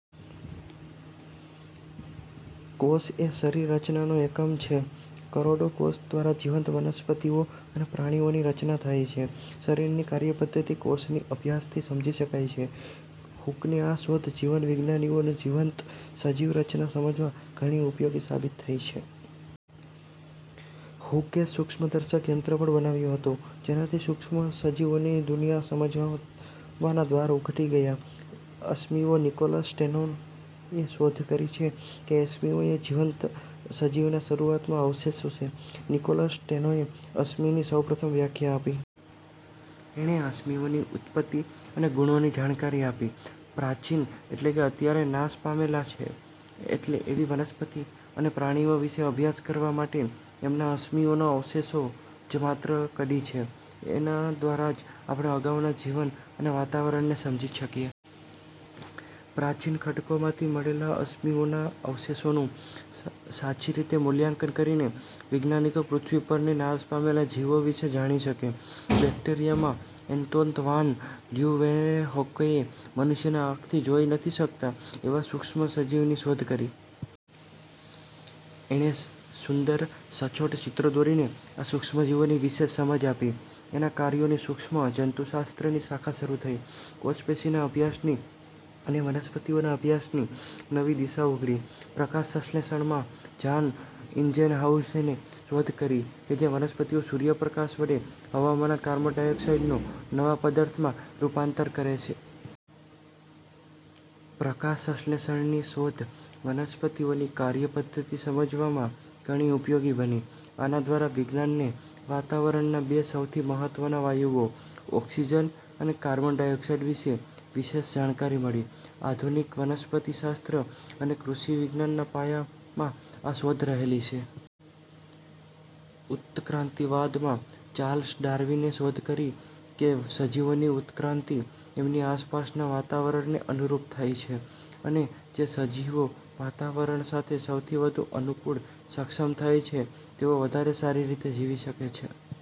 કોષ એ શરીર રચનાનો એકમ છે. કરોડો કોષ દ્વારા જીવંત વનસ્પતિઓ અને પ્રાણીઓની રચના થાય છે. શરીરની કાર્યપધ્ધતિ કોષની અભ્યાસથી સમજી શકાય છે. હુકની આ શોધ જીવન વિજ્ઞાનીઓને જીવંત સજીવ રચના સમજવા ઘણી ઉપયોગી સાબિત થઇ છે. હુકએ સુક્ષ્મદર્શક યંત્ર પણ બનાવ્યું હતું જેનાથી સુક્ષ્મ સજીવોની દુનિયા સમજવાના દ્વાર ઉઘડી ગયા. અશ્મિઓ નિકોલસ સ્ટેનોએ શોધ કરી કે અશ્મિઓ એ જીવંત સજીવના શરૂઆતના અવશેષો છે. નિકોલસ સ્ટેનોએ "અશ્મિ"ની સૌપ્રથમ વ્યાખ્યા આપી. એણે અશ્મિઓની ઉત્તપત્તિ અને ગુણોની જાણકારી આપી. પ્રાચીન એટલે કે અત્યારે નાશ પામેલા છે એટલે એવી વનસ્પતિ અને પ્રાણીઓ વિષે અભ્યાસ કરવા માટે એમના અશ્મિઓનો અવશેષો જ માત્ર કડી છે. એના દ્વારા જ આપણે અગાઉના જીવન અને વાતાવરણને સમજી શકીએ. પ્રાચીન ખડકોમાંથી મળેલા અશ્મિઓના અવશેષોનું સાચી રીતે મૂલ્યાંકન કરીને વૈજ્ઞાનિકો પૃથ્વી પરથી નાશ પામેલા જીવો વિષે જાણી શકે. બેકટેરિયા માં એન્તોન વાન લ્યુવેન્હોકએ મનુષ્યની આંખથી જોઈ નથી શકતા એવા સુક્ષ્મ સજીવની શોધ કરી. એણે સુંદર, સચોટ ચિત્રો દોરીને આ સુક્ષ્મ જીવોની વિશેષ સમજ આપી. એના કાર્યોની સુક્ષ્મ જંતુશાસ્ત્ર ની શાખા શરુ થઇ. કોષપેશીના અભ્યાસની અને વનસ્પતિઓના અભ્યાસની નવી દિશા ઉઘડી. પ્રકાશ સંશ્લેષણ માં જાન ઇન્જેનહાઉઝએ શોધ કરી કે વનસ્પતિઓ સૂર્યપ્રકાશ વડે હવામાંના કાર્બન ડાયોક્સાઈડનું નવા પદાર્થમાં રૂપાંતર કરે છે. પ્રકાશ સંશ્લેષણની શોધ વનસ્પતિઓની કાર્ય પધ્ધતિ સમજવામાં ઘણી ઉપયોગી બની. આના દ્વારા વિજ્ઞાનને વાતાવરણના બે સૌથી મહત્વના વાયુઓ ઓક્સીજન અને કાર્બન ડાયોક્સાઈડ વિષે વિશેષ જાણકારી મળી. આધુનિક વનસ્પતિશાસ્ત્ર અને કૃષિ વિજ્ઞાનના પાયામાં આ શોધ રહેલી છે. ઉત્તક્રાંતિ વાદ માં ચાર્લ્સ ડાર્વિનએ શોધ કરી કે સજીવોની ઉત્તક્રાંતિ એમની આસપાસના વાતાવરણને અનુરૂપ થાય છે અને જે સજીવો વાતાવરણ સાથે સૌથી વધુ અનુકુળ સક્ષમ થાય છે તેઓ વધારે સારી રીતે જીવી શકે છે.